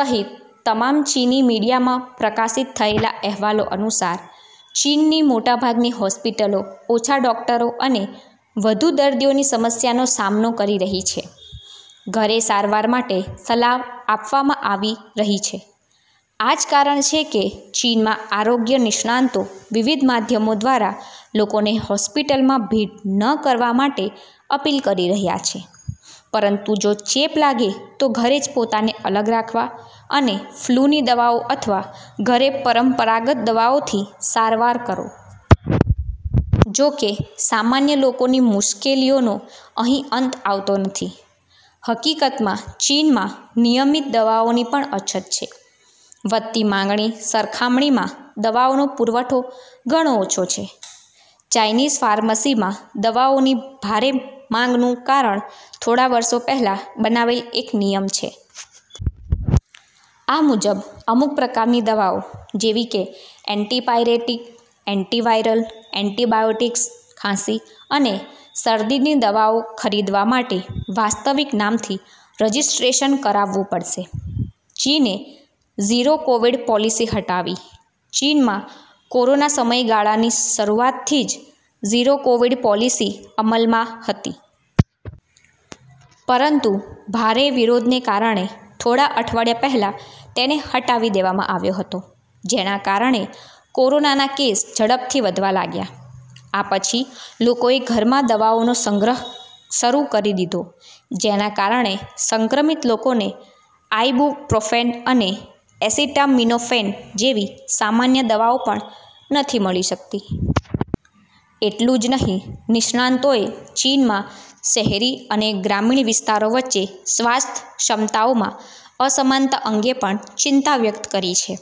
સહિત તમામ ચીની મીડિયામાં પ્રકાશિત થયેલા અહેવાલો અનુસાર, ચીનની મોટાભાગની હોસ્પિટલો ઓછા ડોકટરો અને વધુ દર્દીઓની સમસ્યાનો સામનો કરી રહી છે. ઘરે સારવાર માટે સલાહ આપવામાં આવી રહી છે: આ જ કારણ છે કે ચીનમાં આરોગ્ય નિષ્ણાતો વિવિધ માધ્યમો દ્વારા લોકોને હોસ્પિટલમાં ભીડ ન કરવા માટે અપીલ કરી રહ્યા છે, પરંતુ જો ચેપ લાગે તો ઘરે જ પોતાને અલગ રાખવા અને ફ્લૂની દવાઓ અથવા ઘરે પરંપરાગત દવાઓથી સારવાર કરો. જો કે સામાન્ય લોકોની મુશ્કેલીઓનો અહીં અંત આવતો નથી. હકીકતમાં ચીનમાં નિયમિત દવાઓની પણ અછત છે. વધતી માંગની સરખામણીમાં દવાઓનો પુરવઠો ઘણો ઓછો છે. ચાઈનીઝ ફાર્મસીમાં દવાઓની ભારે માંગનું કારણ થોડા વર્ષો પહેલા બનાવેલ એક નિયમ છે. આ મુજબ અમુક પ્રકારની દવાઓ જેવી કે એન્ટિપાયરેટિક, એન્ટિવાયરલ, એન્ટિબાયોટિક્સ, ખાંસી અને શરદીની દવાઓ ખરીદવા માટે વાસ્તવિક નામથી રજિસ્ટ્રેશન કરાવવું પડશે. ચીને ઝીરો કોવિડ પોલિસી હટાવી: ચીનમાં કોરોના સમયગાળાની શરૂઆતથી જ ઝીરો કોવિડ પોલિસી અમલમાં હતી. પરંતુ ભારે વિરોધને કારણે થોડા અઠવાડિયા પહેલા તેને હટાવી દેવામાં આવ્યો હતો. જેના કારણે કોરોનાના કેસ ઝડપથી વધવા લાગ્યા. આ પછી લોકોએ ઘરમાં દવાઓનો સંગ્રહ શરૂ કરી દીધો, જેના કારણે સંક્રમિત લોકોને આઇબુપ્રોફેન અને એસિટામિનોફેન જેવી સામાન્ય દવાઓ પણ નથી મળી શકતી. એટલું જ નહીં, નિષ્ણાતોએ ચીનમાં શહેરી અને ગ્રામીણ વિસ્તારો વચ્ચે સ્વાસ્થ્ય ક્ષમતાઓમાં અસમાનતા અંગે પણ ચિંતા વ્યક્ત કરી છે.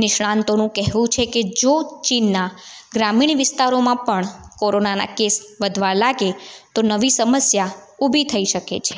નિષ્ણાતોનું કહેવું છે કે જો ચીનના ગ્રામીણ વિસ્તારોમાં પણ કોરોનાના કેસ વધવા લાગે તો નવી સમસ્યા ઊભી થઈ શકે છે.,..